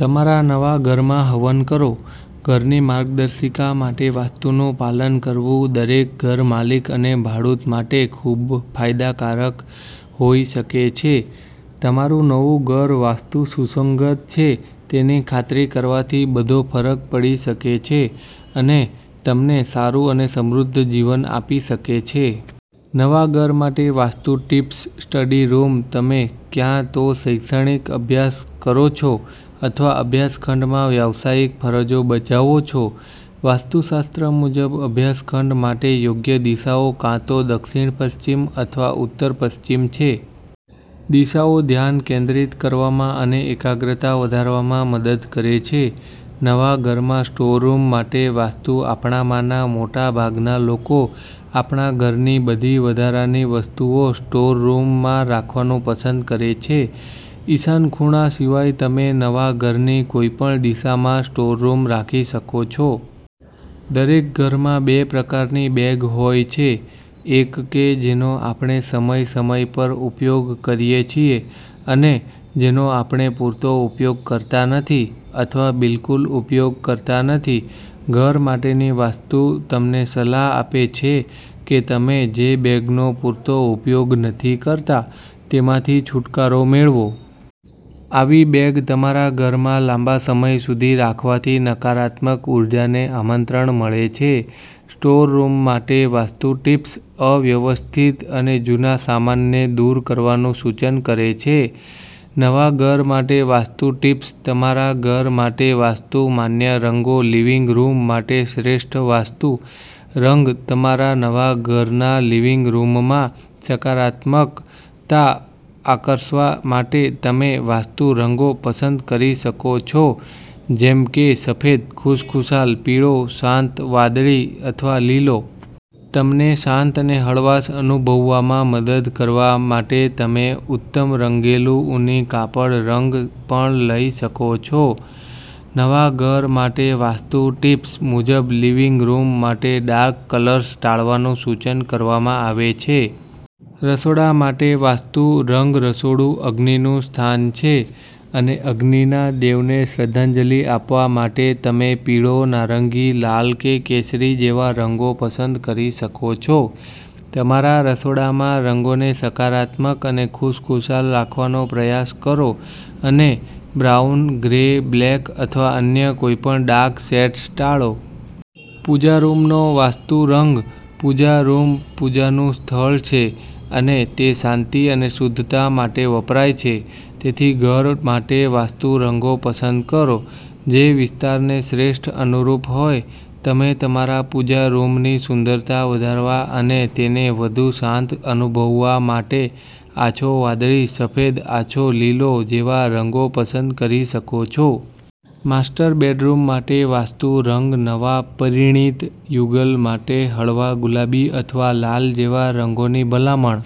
તમારા નવા ઘરમાં હવન કરો ઘરની માર્ગદર્શિકા માટે વાસ્તુનું પાલન કરવું દરેક ઘરમાલિક અને ભાડૂત માટે ખૂબ ફાયદાકારક હોઈ શકે છે. તમારું નવું ઘર વાસ્તુ સુસંગત છે તેની ખાતરી કરવાથી બધોફરક પડી શકે છે અને તમને સારું અને સમૃદ્ધ જીવન આપી શકે છે! નવા ઘર માટે વાસ્તુ ટિપ્સસ્ટડી રૂમ તમે ક્યાં તો શૈક્ષણિક અભ્યાસ કરો છો અથવા અભ્યાસ ખંડમાં વ્યાવસાયિક ફરજો બજાવો છો. વાસ્તુશાસ્ત્ર મુજબ, અભ્યાસ ખંડ માટે યોગ્ય દિશાઓ કાં તો દક્ષિણ પશ્ચિમ અથવા ઉત્તર પશ્ચિમ છે. દિશાઓ ધ્યાન કેન્દ્રિત કરવામાં અને એકાગ્રતા વધારવામાં મદદ કરે છે. નવા ઘરમાં સ્ટોર રૂમ માટે વાસ્તુ આપણામાંના મોટા ભાગના લોકો આપણા ઘરની બધી વધારાની વસ્તુઓ સ્ટોર રૂમમાં રાખવાનું પસંદ કરે છે. ઈશાન ખૂણા સિવાય તમે નવા ઘરની કોઈપણ દિશામાં સ્ટોર રૂમ રાખી શકો છો. દરેક ઘરમાં બે પ્રકારની બેગ હોય છેએક કે જેનો આપણે સમય સમય પર ઉપયોગ કરીએ છીએ અને જેનો આપણે પૂરતો ઉપયોગ કરતા નથી અથવા બિલકુલ ઉપયોગ કરતા નથી. ઘર માટેની વાસ્તુ તમને સલાહ આપે છે કે તમે જે બેગનો પૂરતો ઉપયોગ નથી કરતા તેમાંથી છૂટકારો મેળવો. આવી બેગ તમારા ઘરમાં લાંબા સમય સુધી રાખવાથી નકારાત્મક ઉર્જાને આમંત્રણ મળે છે. સ્ટોર રૂમ માટે વાસ્તુ ટિપ્સ અવ્યવસ્થિત અને જૂના સામાનને દૂર કરવાનું સૂચન કરે છે નવા ઘર માટે વાસ્તુ ટિપ્સતમારા ઘર માટે વાસ્તુ માન્ય રંગો લિવિંગ રૂમ માટે શ્રેષ્ઠ વાસ્તુ રંગતમારા નવા ઘરના લિવિંગ રૂમમાં સકારાત્મકતા આકર્ષવા માટે તમે વાસ્તુ રંગો પસંદ કરી શકો છો જેમ કે સફેદ, ખુશખુશાલ પીળો, શાંત વાદળી અથવા લીલો. તમને શાંત અને હળવાશ અનુભવવામાં મદદ કરવા માટે તમે ઉત્તમરંગેલું ઊની કાપડ રંગ પણ લઈ શકો છો. નવા ઘર માટે વાસ્તુ ટિપ્સ મુજબ, લિવિંગ રૂમ માટે ડાર્ક કલર્સ ટાળવાનું સૂચન કરવામાં આવે છે. રસોડા માટે વાસ્તુ રંગરસોડું અગ્નિનું સ્થાન છે, અને અગ્નિના દેવને શ્રદ્ધાંજલિ આપવા માટે તમે પીળો, નારંગી, લાલ કે કેસરી જેવા રંગો પસંદ કરી શકો છો. તમારા રસોડામાં રંગોને સકારાત્મક અને ખુશખુશાલ રાખવાનો પ્રયાસ કરો અને બ્રાઉન, ગ્રે, બ્લેક અથવા અન્ય કોઈપણ ડાર્ક શેડ્સ ટાળો. પૂજા રૂમનો વાસ્તુ રંગ:પૂજા રૂમ પૂજાનું સ્થળ છે અને તે શાંતિ અને શુદ્ધતા માટે વપરાય છે, તેથી ઘર માટે વાસ્તુ રંગો પસંદ કરો જેવિસ્તારને શ્રેષ્ઠ અનુરૂપ હોય. તમે તમારા પૂજા રૂમની સુંદરતા વધારવા અને તેને વધુ શાંત અનુભવવા માટે આછો વાદળી, સફેદ, આછો લીલો જેવા રંગો પસંદ કરી શકો છો. માસ્ટર બેડરૂમ માટે વાસ્તુ રંગનવા પરિણીત યુગલ માટે હળવા ગુલાબી અથવા લાલ જેવા રંગોની ભલામણ